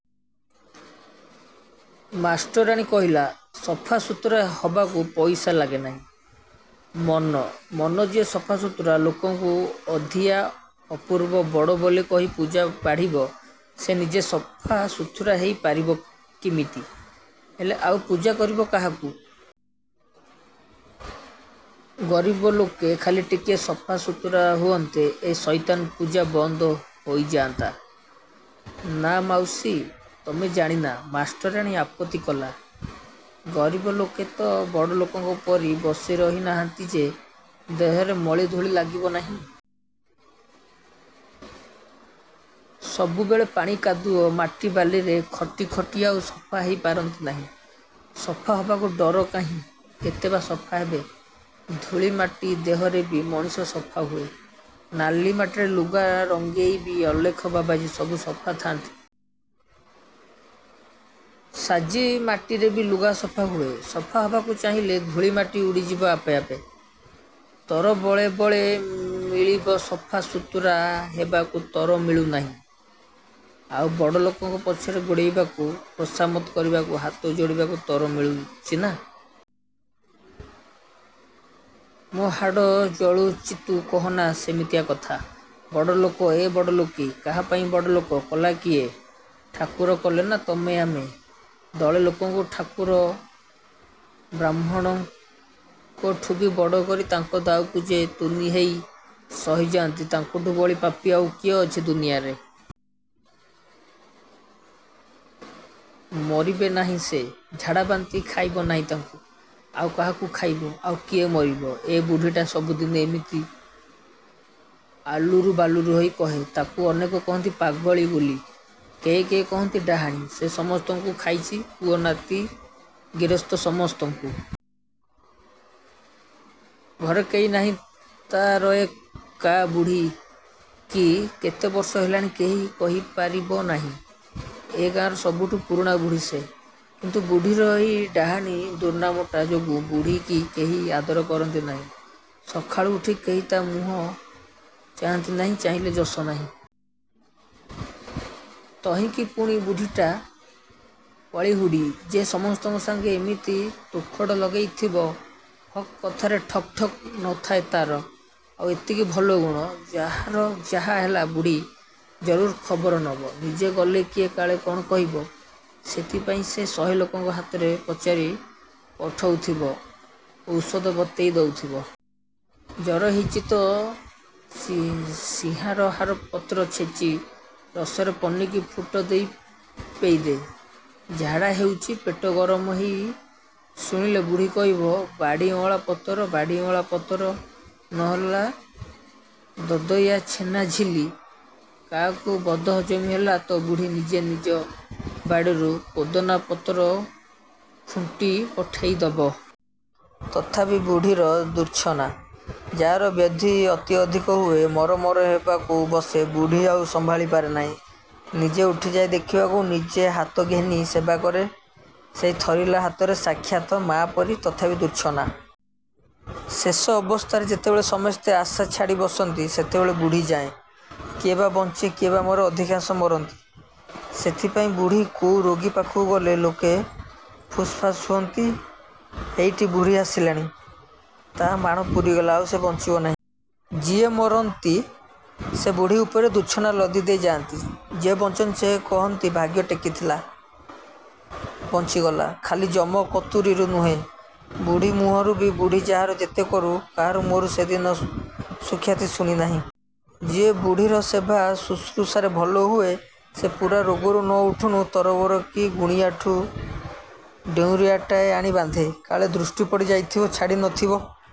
' ମାଷ୍ଟରାଣୀ କହିଲା। ''ସଫା ସୁତୁରା ହବାକୁ ପଇସା ଲାଗେ ନାହିଁ ମନ ମନ! ଯିଏ ସଫା ସୁତୁରା ଲୋକଙ୍କୁ ଅଧିଆ, ଅପୂର୍ବ, ବଡ଼ ବୋଲି କହି ପୂଜା ବାଢ଼ିବ ସେ ନିଜେ ସଫା ସୁତୁରା ହେଇ ପାରିବ କିମିତି। ହେଲେ ଆଉ ପୂଜା କରିବ କାହାକୁ? ଗରିବ ଲୋକେ ଖାଲି ଟିକିଏ ସଫା ସୁତୁରା ହୁଅନ୍ତେ ଏ ସଇତାନ ପୂଜା ବନ୍ଦ ହେଇଯାନ୍ତା। '' ''ନା ମାଉସୀ, ତମେ ଜାଣିନା! '' ମାଷ୍ଟରାଣୀ ଆପତ୍ତି କଲା ''ଗରିବ ଲୋକେ ତ ବଡ଼ଲୋକଙ୍କ ପରି ବସି ରହି ନାହାନ୍ତି ଯେ ଦେହରେ ମଳି ଧୂଳି ଲାଗିବ ନାହିଁ। ସବୁବେଳେ ପାଣି କାଦୁଅ, ମାଟି ବାଲିରେ ଖଟି ଖଟି ଆଉ ସଫା ହେଇ ପାରନ୍ତି ନାହିଁ। ସଫା ହବାକୁ ଡର କାହିଁ? କେତେ ବା ସଫା ହେବେ? '' ''ଧୂଳି ମାଟି ଦେହରେବି ମଣିଷ ସଫା ହୁଏ। ନାଲିମାଟିରେ ଲୁଗା ରଙ୍ଗେଇବି ଅଲେଖ ବାବାଜି ସବୁ ସଫା ଥାଆନ୍ତି। ସାଜି ମାଟିରେବି ଲୁଗା ସଫା ହୁଏ। ସଫା ହବାକୁ ଚାହିଲେ ଧୂଳି ମାଟି ଉଡ଼ି ଯିବ ଆପେ ଆପେ। ତର ବଳେ ବଳେ ମିଳିବ। ସଫା ସୁତୁରା ହେବାକୁ ତର ମିଳୁ ନାହିଁ, ଆଉ ବଡ଼ଲୋକଙ୍କ ପଛରେ ଗୋଡ଼େଇବାକୁ, ଖୋସାମତ୍ କରିବାକୁ, ହାତ ଯୋଡ଼ିବାକୁ ତର ମିଳୁଚିନା? ମୋ ହାଡ଼ ଜଳୁଚିତୁ କହନା ସେମିତିଆ କଥା। ବଡ଼ଲୋକ ଏ ବଡ଼ଲୋକୀ। କାହାପାଇଁ ବଡ଼ଲୋକ କଲା କିଏ? ଠାକୁର କଲେନା, ତମେ ଆମେ? ଦଳେ ଲୋକଙ୍କୁ ଠାକୁର ବାହ୍ମୁଣଙ୍କଠୁବି ବଡ଼ କରି ତାଙ୍କ ଦାଉକୁ ଯେ ତୁନି ହେଇ ସହି ଯାଆନ୍ତି ତାଙ୍କଠୁ ବଳି ପାପୀ ଆଉ କିଏ ଅଛି ଦୁନିଆରେ? ମରିବେ ନାହିଁ ସେ? ଝାଡ଼ାବାନ୍ତି ଖାଇବ ନାହିଁ ତାଙ୍କୁ? ଆଉ କାହାକୁ ଖାଇବ? ଆଉ କିଏ ମରିବ? '' ଏ ବୁଢ଼ୀଟା ସବୁଦିନେ ଏମିତି ଆଲୁରୁ ବାଲୁରୁ ହୋଇ କହେ। ତାକୁ ଅନେକ କହନ୍ତି ପାଗଳି ବୋଲି। କେହି କେହି କହନ୍ତି ଡାହାଣୀ। ସେ ସମସ୍ତଙ୍କୁ ଖାଇଚି ପୁଅ ନାତି ଗିରସ୍ତ ସମସ୍ତଙ୍କୁ। ଘରେ କେହି ନାହିଁ ତା'ରଏ କା। ବୁଢ଼ୀକି କେତେ ବର୍ଷ ହେଲାଣି କେହି କହି ପାରିବ ନାହିଁ। ଏ ଗାଁର ସବୁଠୁ ପୁରୁଣା ବୁଢ଼ୀ ସେ। କିନ୍ତୁ ବୁଢ଼ୀର ଏହି ଡାହାଣୀ ଦୁର୍ନାମଟା ଯୋଗୁଁ ବୁଢ଼ୀକି କେହି ଆଦର କରନ୍ତି ନାହିଁ। ସକାଳୁ ଉଠି କେହି ତା' ମୁହଁ ଚାହାଁନ୍ତି ନାହିଁ ଚାହିଁଲେ ଯଶ ନାହିଁ। ତହିଁକି ପୁଣି ବୁଢ଼ୀଟା କଳିହୁଡ଼ି ଯେ ସମସ୍ତଙ୍କ ସାଙ୍ଗେ ଏମିତି ତୋଖଡ଼ ଲଗେଇଥିବ। ହକ୍ କଥାରେ ଠକ ଠକ ନ ଥାଏ ତା'ର। ଆଉ ଏତିକି ଭଲ ଗୁଣ, ଯାହାର ଯାହା ହେଲା ବୁଢ଼ୀ ଜରୁର୍ ଖବର ନବ। ନିଜେ ଗଲେ କିଏ କାଳେ କ'ଣ କହିବ, ସେଥିପାଇଁ ସେ ଶହେ ଲୋକଙ୍କ ହାତରେ ପଚାରି ପଠଉଥିବ; ଓଷଦ ବତେଇ ଦେଉଥିବ। ଜର ହେଇଚି ତ ସିଂହାରହାର ପତ୍ର ଛେଚି ରସରେ ପନିକି ପୁଟ ଦେଇ ପେଇଦେ। ଝାଡ଼ା ହେଉଚି ପେଟ ଗରମ ହେଇ ଶୁଣିଲେ ବୁଢ଼ୀ କହିବ ବାଡ଼ିଅଁଳା ପତର ବାଡ଼ିଅଁଳା ପତର ନ ହେଲା; ଦଦୟା ଛେନାଝିଲ୍ଲି । କାହାକୁ ବଦହଜମି ହେଲା ତ ବୁଢ଼ୀ ନିଜେ ନିଜ ବାଡ଼ିରୁ ପୋଦନା ପତର ଖୁଣ୍ଟି ପଠେଇ ଦବ। ତଥାପି ବୁଢ଼ୀର ଦୁର୍ଚ୍ଛନା। ଯାହାର ବ୍ୟାଧି ଅତି ଅଧିକ ହୁଏ ମର ମର ହେବାକୁ ବସେ ବୁଢ଼ୀ ଆଉ ସମ୍ଭାଳି ପାରେ ନାହିଁ। ନିଜେ ଉଠିଯାଏ ଦେଖିବାକୁ। ନିଜେ ହାତ ଘେନି ସେବା କରେ ସେଇ ଥରିଲା ହାତରେ ସାକ୍ଷାତ ମା ପରି। ତଥାପି ଦୁର୍ଚ୍ଛନା। ଶେଷ ଅବସ୍ଥାରେ ଯେତେବେଳେ ସମସ୍ତେ ଆଶା ଛାଡ଼ି ବସନ୍ତି ସେତେବେଳେ ବୁଢ଼ୀ ଯାଏଁ। କିଏ ବା ବଞ୍ଚେ କିଏ ବା ମରେ ଅଧିକାଂଶ ମରନ୍ତି। ସେଥିପାଇଁ ବୁଢ଼ୀ କୋଉ ରୋଗୀ ପାଖକୁ ଗଲେ ଲୋକେ ଫୁସ୍ଫାସ୍ ହୁଅନ୍ତି ହେଇଟି ବୁଢ଼ୀ ଆସିଲାଣି। ତା' ମାଣ ପୂରିଗଲା, ଆଉ ସେ ବଞ୍ଚିବ ନାହିଁ। ଯିଏ ମରନ୍ତି ସେ ବୁଢ଼ୀ ଉପରେ ଦୁର୍ଚ୍ଛନା ଲଦି ଦେଇ ଯାଆନ୍ତି। ଯେ ବଞ୍ଚନ୍ତି, ସେ କହନ୍ତି ଭାଗ୍ୟ ଟେକି ଥିଲା ବଞ୍ଚିଗଲା। ଖାଲି ଯମ କତୁରୀରୁ ନୁହେଁ, ବୁଢ଼ୀ ମୁହଁରୁବି। ବୁଢ଼ୀ ଯାହାର ଯେତେ କରୁ, କାହାର ମୁହଁରୁ ସେ ଦିନେ ସୁଖ୍ୟାତି ଶୁଣି ନାହିଁ। ଯିଏ ବୁଢ଼ୀର ସେବା ଶୁଶ୍ରୂଷାରେ ଭଲ ହୁଏ ସେ ପୂରା ରୋଗରୁ ନ ଉଠୁଣୁ ତରବର କି ଗୁଣିଆଠୁ ଡେଉଁରିଆଟାଏ ଆଣି ବାନ୍ଧେ। କାଳେ ଦୃଷ୍ଟି ପଡ଼ି ଯାଇଥିବ–ଛାଡ଼ି ନ ଥିବ।